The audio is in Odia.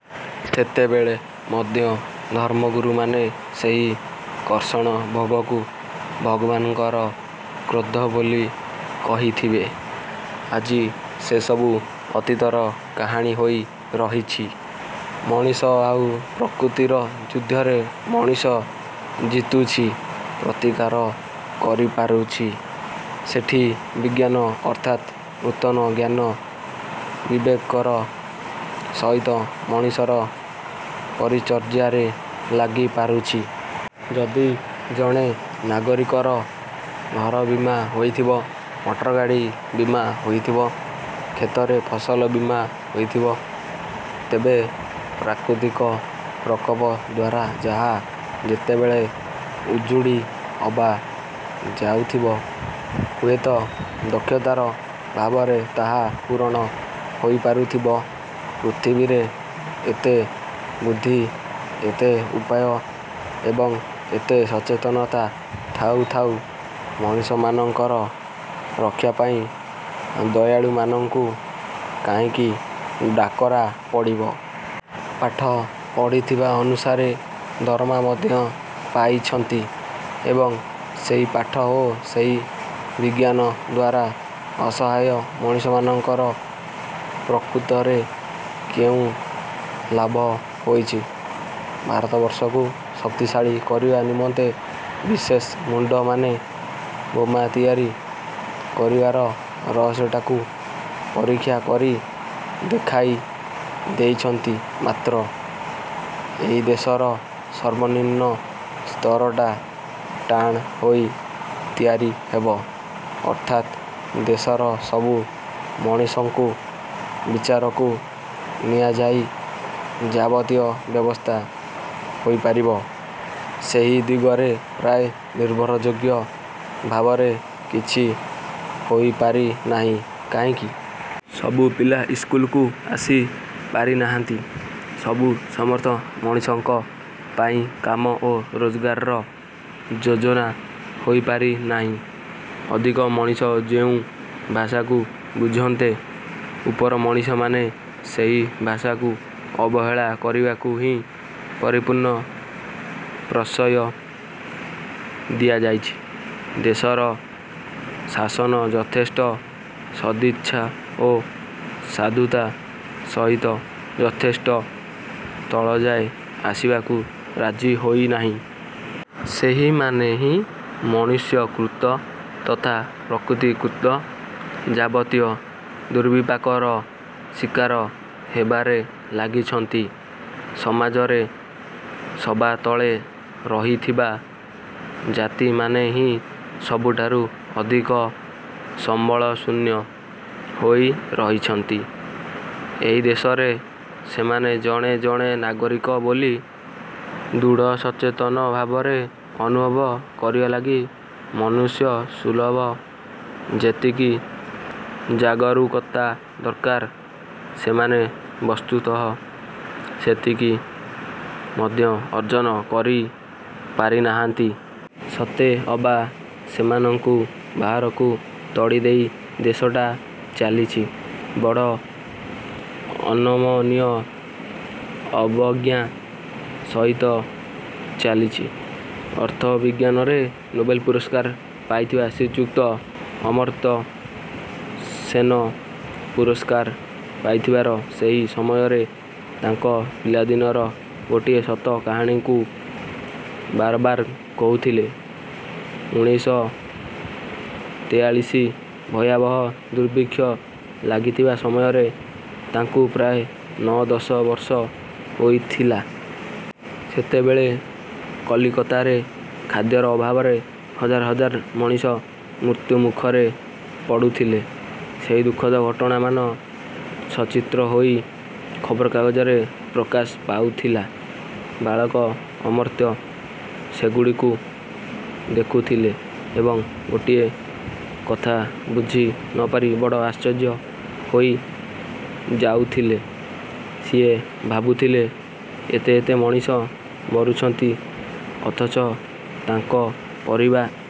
ସେତେବେଳେ ମଧ୍ୟ ଧର୍ମଗୁରୁମାନେ ସେହି କଷଣ ଭୋଗକୁ ଭଗବାନଙ୍କର କ୍ରୋଧ ବୋଲି କହିଥିବେ। ଆଜି ସେସବୁ ଅତୀତର କାହାଣୀ ହୋଇ ରହିଛି। ମଣିଷ ଆଉ ପ୍ରକୃତିର ଯୁଦ୍ଧରେ ମଣିଷ ଜିତୁଛି ପ୍ରତିକାର କରିପାରୁଛି। ସେଠି ବିଜ୍ଞାନ ଅର୍ଥାତ୍ ନୂତନ ଜ୍ଞାନ ବିବେକର ସହିତ ମଣିଷର ପରିଚର୍ଯ୍ୟାରେ ଲାଗିପାରୁଛି। ଯଦି ଜଣେ ନାଗରିକର ଘର ବୀମା ହୋଇଥିବ, ମଟରଗାଡ଼ି ବୀମା ହୋଇଥିବ, କ୍ଷେତରେ ଫସଲ ବୀମା ହୋଇଥିବ, ତେବେ ପ୍ରାକୃତିକ ପ୍ରକୋପ ଦ୍ଵାରା ଯାହା ଯେତେବେଳେ ଉଜୁଡ଼ି ଅବା ଯାଉଥିବ, ହୁଏତ ଦକ୍ଷତାର ଭାବରେ ତାହା ପୂରଣ ହୋଇପାରୁଥିବ। ପୃଥିବୀରେ ଏତେ ବୁଦ୍ଧି, ଏତେ ଉପାୟ ଏବଂ ଏତେ ସଚେତନତା ଥାଉ ଥାଉ ମଣିଷମାନଙ୍କର ରକ୍ଷା ପାଇଁ ଦୟାଳୁମାନଙ୍କୁ କାହିଁକି ଡାକରା ପଡ଼ିବ? ପାଠ ପଢ଼ିଥିବା ଅନୁସାରେ ଦରମା ମଧ୍ୟ ପାଇଛନ୍ତି ଏବଂ ସେହି ପାଠ ଓ ସେହି ବିଜ୍ଞାନ ଦ୍ଵାରା ଅସହାୟ ମଣିଷମାନଙ୍କର ପ୍ରକୃତରେ କେଉଁ ଲାଭ ହୋଇଛି? ଭାରତବର୍ଷକୁ ଶକ୍ତିଶାଳୀ କରିବା ନିମନ୍ତେ ବିଶେଷ ମୁଣ୍ଡମାନେ ବୋମା ତିଆରି କରିବାର ରହସ୍ୟଟାକୁ ପରୀକ୍ଷା କରି ଦେଖାଇ ଦେଇଛନ୍ତି ମାତ୍ର, ଏହି ଦେଶର ସର୍ବନିମ୍ନ ସ୍ତରଟା ଟାଣ ହୋଇ ତିଆରି ହେବ, ଅର୍ଥାତ୍ ଦେଶର ସବୁ ମଣିଷଙ୍କୁ ବିଚାରକୁ ନିଆଯାଇ ଯାବତୀୟ ବ୍ୟବସ୍ଥା ହୋଇପାରିବ, ସେହି ଦିଗରେ ପ୍ରାୟ ନିର୍ଭରଯୋଗ୍ୟ ଭାବରେ କିଛି ହୋଇପାରିନାହିଁ କାହିଁକି? ସବୁ ପିଲା ଇସ୍କୁଲକୁ ଆସି ପାରିନାହାନ୍ତି, ସବୁ ସମର୍ଥ ମଣିଷଙ୍କ ପାଇଁ କାମ ଓ ରୋଜଗାରର ଯୋଜନା ହୋଇପାରିନାହିଁ। ଅଧିକ ମଣିଷ ଯେଉଁ ଭାଷାକୁ ବୁଝନ୍ତେ, ଉପର ମଣିଷମାନେ ସେହି ଭାଷାକୁ ଅବହେଳା କରିବାକୁ ହିଁ ପରିପୂର୍ଣ୍ଣ ପ୍ରଶ୍ରୟ ଦିଆଯାଇଛି। ଦେଶର ଶାସନ ଯଥେଷ୍ଟ ସଦିଚ୍ଛା ଓ ସାଧୁତା ସହିତ ଯଥେଷ୍ଟ ତଳଯାଏ ଆସିବାକୁ ରାଜି ହୋଇନାହିଁ। ସେହିମାନେ ହିଁ ମନୁଷ୍ୟକୃତ ତଥା ପ୍ରକୃତିକୃତ ଯାବତୀୟ ଦୁର୍ବିପାକର ଶିକାର ହେବାରେ ଲାଗିଛନ୍ତି। ସମାଜରେ ସବା ତଳେ ରହିଥିବା ଜାତିମାନେ ହିଁ ସବୁଠାରୁ ଅଧିକ ସମ୍ବଳଶୂନ୍ୟ ହୋଇ ରହିଛନ୍ତି। ଏହି ଦେଶରେ ସେମାନେ ଜଣେ ଜଣେ ନାଗରିକ ବୋଲି ଦୃଢ଼ସଚେତନ ଭାବରେ ଅନୁଭବ କରିବା ଲାଗି ମନୁଷ୍ୟସୁଲଭ ଯେତିକି ଜାଗରୂକତା ଦରକାର, ସେମାନେ ବସ୍ତୁତଃ ସେତିକି ମଧ୍ୟ ଅର୍ଜନ କରି ପାରିନାହାନ୍ତି। ସତେଅବା ସେମାନଙ୍କୁ ବାହାରକୁ ତଡ଼ିଦେଇ ଦେଶଟା ଚାଲିଛି, ବଡ଼ ଅନମନୀୟ ଅବଜ୍ଞା ସହିତ ଚାଲିଛି। ଅର୍ଥବିଜ୍ଞାନରେ ନୋବେଲ ପୁରସ୍କାର ପାଇଥିବା ଶ୍ରୀଯୁକ୍ତ ଅମର୍ତ୍ତ୍ୟ ସେନ ପୁରସ୍କାର ପାଇଥିବାର ସେହି ସମୟରେ ତାଙ୍କ ପିଲାଦିନର ଗୋଟିଏ ସତ କାହାଣୀକୁ ବାରବାର କହୁଥିଲେ। ଉଣେଇଶହ ତେଇଆଳୀଶି ଭୟାବହ ଦୁର୍ଭିକ୍ଷ ଲାଗିଥିବା ସମୟରେ, ତାଙ୍କୁ ପ୍ରାୟ ନଅ ଦଶ ବର୍ଷ ହୋଇଥିଲା। ସେତେବେଳେ କଲିକତାରେ ଖାଦ୍ୟର ଅଭାବରେ, ହଜାର ହଜାର ମଣିଷ ମୃତ୍ୟୁମୁଖରେ ପଡୁଥିଲେ। ସେହି ଦୁଃଖଦ ଘଟଣାମାନ ସଚିତ୍ର ହୋଇ ଖବରକାଗଜରେ ପ୍ରକାଶ ପାଉଥିଲା। ବାଳକ ଅମର୍ତ୍ତ୍ୟ ସେଗୁଡ଼ିକୁ ଦେଖୁଥିଲେ ଏବଂ ଗୋଟିଏ କଥା ବୁଝି ନପାରି ବଡ଼ ଆଶ୍ଚର୍ଯ୍ୟ ହୋଇ ଯାଉଥିଲେ। ସିଏ ଭାବୁଥିଲେ, ଏତେ ଏତେ ମଣିଷ ମରୁଛନ୍ତି, ଅଥଚ ତାଙ୍କ ପରିବା